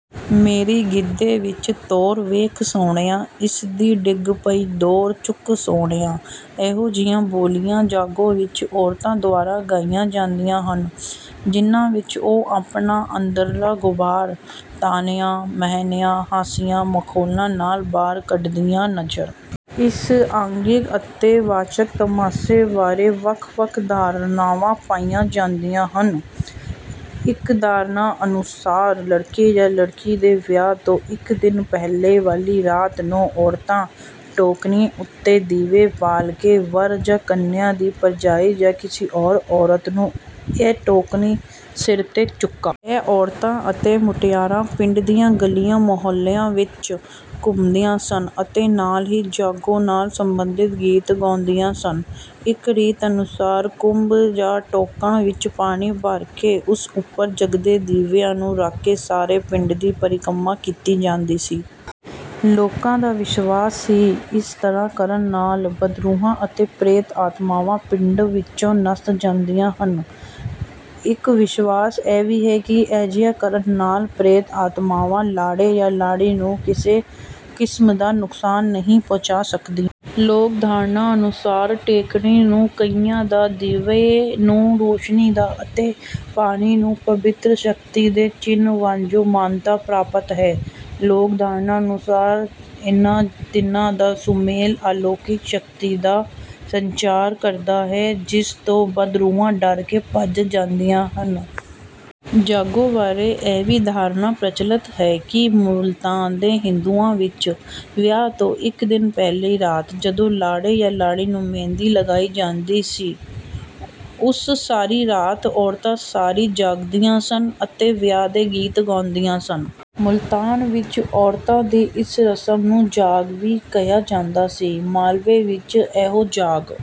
ਮੇਰੀ ਗਿੱਧੇ ਵਿੱਚ ਤੋਰ ਵੇਖ ਸੁਹਣਿਆ, ਇਸ ਦੀ ਡਿੱਗ ਪਈ ਡੋਰ, ਚੁੱਕ ਸਹੁਣਿਆ। ਇਹੋ ਜਿਹੀਆਂ ਬੋਲੀਆਂ ਜਾਗੋ ਵਿੱਚ ਔਰਤਾਂ ਦੁਆਰਾ ਗਾਈਆਂ ਜਾਂਦੀਆਂ ਹਨ, ਜਿਹਨਾਂ ਵਿੱਚ ਉਹ ਆਪਣਾ ਅੰਦਰਲਾ ਗ਼ੁਬਾਰ, ਤਾਹਨਿਆਂ, ਮਿਹਣਿਆਂ, ਹਾਸਿਆਂ, ਮਖੌਲਾਂ ਨਾਲ ਬਾਹਰ ਕੱਢਦੀਆਂ ਨਜ਼ਰ ਆਉਂਦੀਆਂ ਹਨ। ਇਸ ਆਂਗਿਕ ਅਤੇ ਵਾਚਿਕ ਤਮਾਸ਼ੇ ਬਾਰੇ ਵੱਖ-ਵੱਖ ਧਾਰਨਾਵਾਂ ਪਾਈਆਂ ਜਾਂਦੀਆਂ ਹਨ। ਇੱਕ ਧਾਰਨਾ ਅਨੁਸਾਰ ਲੜਕੇ ਜਾਂ ਲੜਕੀ ਦੇ ਵਿਆਹ ਤੋਂ ਇੱਕ ਦਿਨ ਪਹਿਲਾਂ ਵਾਲੀ ਰਾਤ ਨੂੰ ਔਰਤਾਂ ਟੋਕਣੀ ਉੱਤੇ ਦੀਵੇ ਬਾਲ ਕੇ ਵਰ ਜਾਂ ਕੰਨਿਆ ਦੀ ਭਰਜਾਈ ਜਾਂ ਕਿਸੇ ਹੋਰ ਔਰਤ ਨੂੰ ਇਹ ਟੋਕਣੀ ਸਿਰ ਤੇ ਚੁਕਾ ਦਿੰਦੀਆਂ ਸਨ। ਇਹ ਔਰਤਾਂ ਅਤੇ ਮੁਟਿਆਰਾਂ ਪਿੰਡ ਦੀਆਂ ਗਲੀਆਂ ਮੁਹੱਲਿਆਂ ਵਿੱਚ ਘੁੰਮਦੀਆਂ ਸਨ ਅਤੇ ਨਾਲ ਹੀ ਜਾਗੋ ਨਾਲ ਸੰਬੰਧਿਤ ਗੀਤ ਗਾਉਂਦੀਆਂ ਸਨ। ਇੱਕ ਰੀਤ ਅਨੁਸਾਰ ਕੁੰਭ ਜਾਂ ਟੋਕਾਂ ਵਿੱਚ ਪਾਣੀ ਭਰ ਕੇ ਉਸ ਉੱਪਰ ਜਗਦੇ ਦੀਵਿਆਂ ਨੂੰ ਰੱਖ ਕੇ ਸਾਰੇ ਪਿੰਡ ਦੀ ਪਰਕਮਾ ਕੀਤੀ ਜਾਂਦੀ ਸੀ। ਲੋਕਾਂ ਦਾ ਵਿਸ਼ਵਾਸ ਸੀ ਇਸ ਤਰ੍ਹਾਂ ਕਰਨ ਨਾਲ ਬਦਰੂਹਾਂ ਅਤੇ ਪ੍ਰੇਤ ਆਤਮਾਵਾਂ ਪਿੰਡ ਵਿੱਚੋਂ ਨੱਸ ਜਾਂਦੀਆਂ ਹਨ। ਇੱਕ ਵਿਸ਼ਵਾਸ ਇਹ ਵੀ ਹੈ ਕਿ ਅਜਿਹਾ ਕਰਨ ਨਾਲ ਪ੍ਰੇਤ ਆਤਮਾਵਾਂ ਲਾੜੇ ਜਾਂ ਲਾੜੀ ਨੂੰ ਕਿਸੇ ਕਿਸਮ ਦਾ ਨੁਕਸਾਨ ਨਹੀਂ ਪਹੁੰਚਾ ਸਕਦੀਆਂ। ਲੋਕ ਧਾਰਨਾ ਅਨੁਸਾਰ ਟੇਕਣੀ ਨੂੰ ਕਇਆ ਦਾ, ਦੀਵੇ ਨੂੰ ਰੌਸ਼ਨੀ ਦਾ ਅਤੇ ਪਾਣੀ ਨੂੰ ਪਵਿੱਤਰ ਸ਼ਕਤੀ ਦੇ ਚਿੰਨ੍ਹ ਵਜੋਂ ਮਾਨਤਾ ਪ੍ਰਾਪਤ ਹੈ। ਲੋਕ ਧਾਰਨਾ ਅਨੁਸਾਰ ਇਹਨਾਂ ਤਿੰਨਾਂ ਦਾ ਸੁਮੇਲ ਅਲੌਕਿਕ ਸ਼ਕਤੀ ਦਾ ਸੰਚਾਰ ਕਰਦਾ ਹੈ, ਜਿਸ ਤੋਂ ਬਦਰੂਹਾਂ ਡਰ ਕੇ ਭੱਜ ਜਾਂਦੀਆਂ ਹਨ। ਜਾਗੋ ਬਾਰੇ ਇਹ ਵੀ ਧਾਰਨਾ ਪ੍ਰਚੱਲਿਤ ਹੈ ਕਿ ਮੁਲਤਾਨ ਦੇ ਹਿੰਦੂਆਂ ਵਿੱਚ ਵਿਆਹ ਤੋਂ ਇੱਕ ਦਿਨ ਪਹਿਲੀ ਰਾਤ ਜਦੋਂ ਲਾੜੇ ਜਾਂ ਲਾੜੀ ਨੂੰ ਮਹਿੰਦੀ ਲਗਾਈ ਜਾਂਦੀ ਸੀ, ਉਸ ਸਾਰੀ ਰਾਤ ਔਰਤਾਂ ਸਾਰੀ ਜਾਗਦੀਆਂ ਸਨ ਅਤੇ ਵਿਆਹ ਦੇ ਗੀਤ ਗਾਉਂਦੀਆਂ ਸਨ। ਮੁਲਤਾਨ ਵਿੱਚ ਔਰਤਾਂ ਦੀ ਇਸ ਰਸਮ ਨੂੰ 'ਜਾਗ' ਵੀ ਕਿਹਾ ਜਾਂਦਾ ਸੀ। ਮਾਲਵੇ ਵਿੱਚ ਇਹੋ ਜਾਗ